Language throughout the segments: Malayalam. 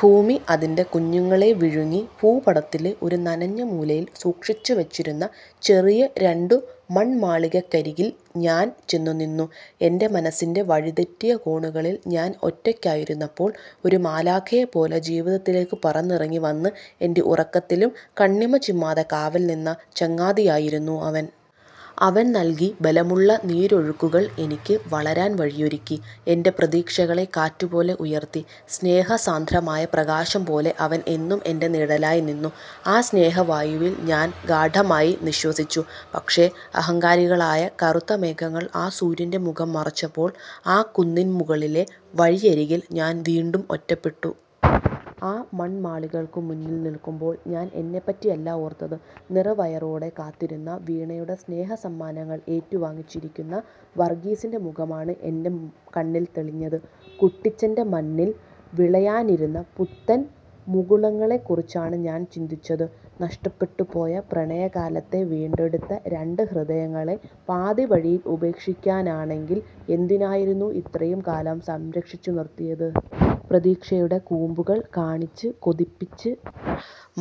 ഭൂമി അതിന്റെ കുഞ്ഞുങ്ങളെ വിഴുങ്ങി ഭൂപടത്തിലെ ഒരു നനഞ്ഞ മൂലയിൽ സൂക്ഷിച്ചുവച്ചിരുന്ന ചെറിയ രണ്ടു മൺമാളികക്കരികിൽ ഞാൻ ചെന്നു നിന്നു. എന്റെ മനസ്സിൻ്റെ വഴിതെറ്റിയ കോണുകളിൽ ഞാൻ ഒറ്റയ്ക്കായിരുന്നപ്പോൾ, ഒരു മാലാഖയെപ്പോലെ ജീവിതത്തിലേക്ക് പറന്നിറങ്ങി വന്ന്, എന്റെ ഉറക്കത്തിലും കണ്ണിമ ചിമ്മാതെ കാവൽ നിന്ന ചങ്ങാതിയായിരുന്നു അവൻ. അവൻ നൽകിയ ബലമുള്ള നീരൊഴുക്കുകൾ എനിക്ക് വളരാൻ വഴിയൊരുക്കി. എന്റെ പ്രതീക്ഷകളെ കാറ്റുപോലെ ഉയർത്തി. സ്നേഹസാന്ദ്രമായ പ്രകാശം പോലെ അവൻ എന്നും എന്റെ നിഴലായി നിന്നു. ആ സ്നേഹവായുവിൽ ഞാൻ ഗാഢമായി നിശ്വസിച്ചു. പക്ഷേ, അഹങ്കാരികളായ കറുത്ത മേഘങ്ങൾ ആ സൂര്യന്റെ മുഖം മറച്ചപ്പോൾ, ആ കുന്നിൻ മുകളിലെ വഴിയരികിൽ ഞാൻ വീണ്ടും ഒറ്റപ്പെട്ടു. ആ മൺമാളികകൾക്ക് മുന്നിൽ നിൽക്കുമ്പോൾ ഞാൻ എന്നെപ്പറ്റിയല്ല ഓർത്തത്. നിറവയറോടെ കാത്തിരുന്ന വീണയുടെ സ്നേഹസമ്മാനങ്ങൾ ഏറ്റുവാങ്ങി ചിരിക്കുന്ന വർഗീസിന്റെ മുഖമാണ് എന്റെ കണ്ണിൽ തെളിഞ്ഞത്. കുട്ടിച്ചന്റെ മണ്ണിൽ വിളയാനിരുന്ന പുത്തൻ മുകുളങ്ങളെക്കുറിച്ചാണ് ഞാൻ ചിന്തിച്ചത്. നഷ്ടപ്പെട്ടുപോയ പ്രണയകാലത്തെ വീണ്ടെടുത്ത രണ്ട് ഹൃദയങ്ങളെ പാതിവഴിയിൽ ഉപേക്ഷിക്കാനാണെങ്കിൽ എന്തിനായിരുന്നു ഇത്രയും കാലം സംരക്ഷിച്ചു നിർത്തിയത്? പ്രതീക്ഷയുടെ കൂമ്പുകൾ കാണിച്ച് കൊതിപ്പിച്ച്,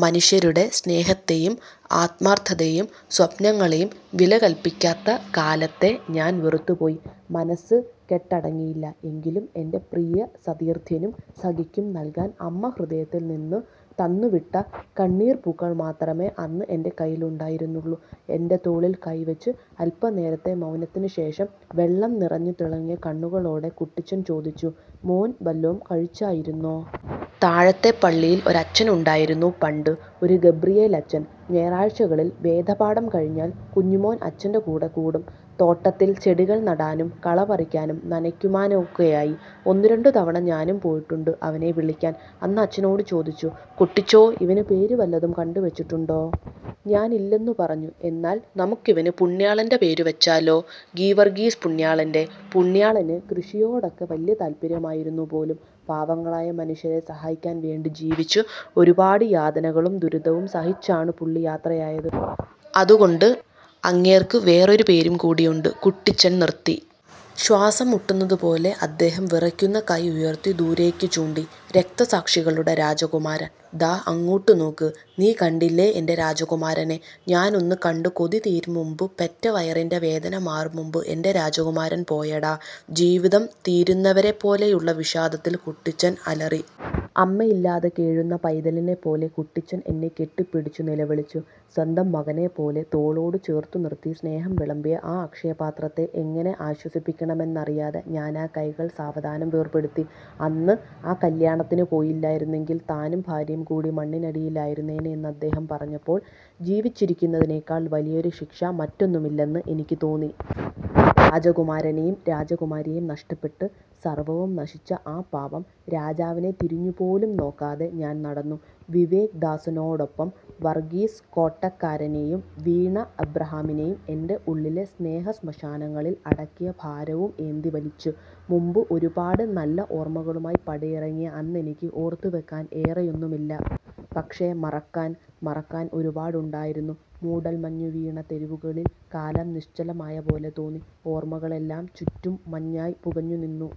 മനുഷ്യരുടെ സ്നേഹത്തെയും ആത്മാർത്ഥതയെയും സ്വപ്നങ്ങളെയും വിലകൽപ്പിക്കാത്ത കാലത്തെ ഞാൻ വെറുത്തുപോയി. മനസ്സ് കെട്ടടങ്ങിയില്ല, എങ്കിലും എന്റെ പ്രിയ സതീർത്ഥ്യനും സഖിക്കും നൽകാൻ അമ്മ ഹൃദയത്തിൽ നിന്ന് തന്നുവിട്ട കണ്ണീർപ്പൂക്കൾ മാത്രമേ അന്ന് എന്റെ കയ്യിൽ ഉണ്ടായിരുന്നുള്ളൂ. എൻ്റെ തോളിൽ കൈ വെച്ച് അൽപനേരത്തെ മൗനത്തിനുശേഷം, വെള്ളം നിറഞ്ഞ് തിളങ്ങിയ കണ്ണുകളോടെ കുട്ടിച്ചൻ ചോദിച്ചു:"മോൻ, വല്ലോം കഴിച്ചായിരുന്നോ? " "താഴത്തെ പള്ളിയിൽ ഒരച്ഛനുണ്ടായിരുന്നു പണ്ട്. ഒരു ഗബ്രിയേലച്ചൻ. ഞായറാഴ്ചകളിൽ വേദപാഠം കഴിഞ്ഞാൽ കുഞ്ഞുമോൻ അച്ഛന്റെ കൂടെ കൂടും. തോട്ടത്തിൽ ചെടികൾ നടാനും കള പറിക്കാനും നനയ്ക്കാനുമൊക്കെയായി. ഒന്നുരണ്ടു തവണ ഞാനും പോയിട്ടുണ്ട് അവനെ വിളിക്കാൻ. അന്ന് അച്ഛനെന്നോട് ചോദിച്ചു, 'കുട്ടിച്ചോ, ഇവന് പേര് വല്ലതും കണ്ടുവച്ചിട്ടുണ്ടോ? ' ഞാനില്ലെന്നു പറഞ്ഞു. 'എന്നാൽ നമുക്കിവന് പുണ്യാളന്റെ പേര് വെച്ചാലോ? ഗീർവർഗീസ് പുണ്യാളന്റെ. പുണ്യാളന് കൃഷിയോടൊക്കെ വല്ല്യ താല്പര്യമായിരുന്നു പോലും. പാവങ്ങളായ മനുഷ്യരെ സഹായിക്കാൻ വേണ്ടി ജീവിച്ച്, ഒരുപാട് യാതനകളും ദുരിതവും സഹിച്ചാണ് പുള്ളി യാത്ര ആയത്. അതുകൊണ്ട് അങ്ങേർക്ക് വേറൊരു പേരും കൂടിയുണ്ട്... '" കുട്ടിച്ചൻ നിർത്തി. ശ്വാസം മുട്ടുന്നത് പോലെ അദ്ദേഹം വിറയ്ക്കുന്ന കൈ ഉയർത്തി ദൂരേക്ക് ചൂണ്ടി. "രക്തസാക്ഷികളുടെ രാജകുമാരൻ. " "ദാ... അങ്ങോട്ട് നോക്ക്... നീ കണ്ടില്ലേ എന്റെ രാജകുമാരനെ..? ഞാനൊന്നു കണ്ട് കൊതി തീരും മുമ്പ്, പെറ്റ വയറിന്റെ വേദന മാറും മുമ്പ്, എന്റെ രാജകുമാരൻ പോയെടാ... " ജീവിതം തീരുന്നവരെപ്പോലെയുള്ള വിഷാദത്തിൽ കുട്ടിച്ചൻ അലറി. അമ്മയില്ലാതെ കേഴുന്ന പൈതലിനെപ്പോലെ കുട്ടിച്ചൻ എന്നെ കെട്ടിപ്പിടിച്ചു നിലവിളിച്ചു. സ്വന്തം മകനെപ്പോലെ തോളോട് ചേർത്തുനിർത്തി സ്നേഹം വിളമ്പിയ ആ അക്ഷയപാത്രത്തെ എങ്ങനെ ആശ്വസിപ്പിക്കണമെന്നറിയാതെ ഞാൻ ആ കൈകൾ സാവധാനം വേർപെടുത്തി. അന്ന് ആ കല്യാണത്തിന് പോയില്ലായിരുന്നെങ്കിൽ താനും ഭാര്യയും കൂടി മണ്ണിനടിയിൽ ആയിരുന്നേനെ എന്ന് അദ്ദേഹം പറഞപ്പോൾ, ജീവിച്ചിരിക്കുന്നതിനേക്കാൾ വലിയൊരു ശിക്ഷ മറ്റൊന്നുമില്ലെന്ന് എനിക്ക് തോന്നി. രാജകുമാരനെയും രാജകുമാരിയെയും നഷ്ടപ്പെട്ട് സർവ്വവും നശിച്ച ആ പാവം രാജാവിനെ തിരിഞ്ഞുപോലും നോക്കാതെ ഞാൻ നടന്നു. വിവേക് ദാസനോടൊപ്പം വർഗീസ് കൊട്ടക്കാരനെയും വീണ അബ്രഹാമിനെയും എന്റെ ഉള്ളിലെ സ്നേഹസ്മശാനങ്ങളിൽ അടക്കിയ ഭാരവും ഏന്തി വലിച്ച്. മുമ്പ് ഒരുപാട് നല്ല ഓർമ്മകളുമായി പടിയിറങ്ങിയ അന്നെനിക്ക് ഓർത്തുവെക്കാൻ ഏറെയൊന്നുമില്ല. പക്ഷേ മറക്കാൻ... മറക്കാൻ ഒരുപാടുണ്ടായിരുന്നു.. മൂടൽമഞ്ഞ് വീണ തെരുവുകളിൽ കാലം നിശ്ചലമായ പോലെ തോന്നി. ഓർമ്മകളെല്ലാം ചുറ്റും മഞ്ഞായി പുകഞ്ഞു നിന്നു.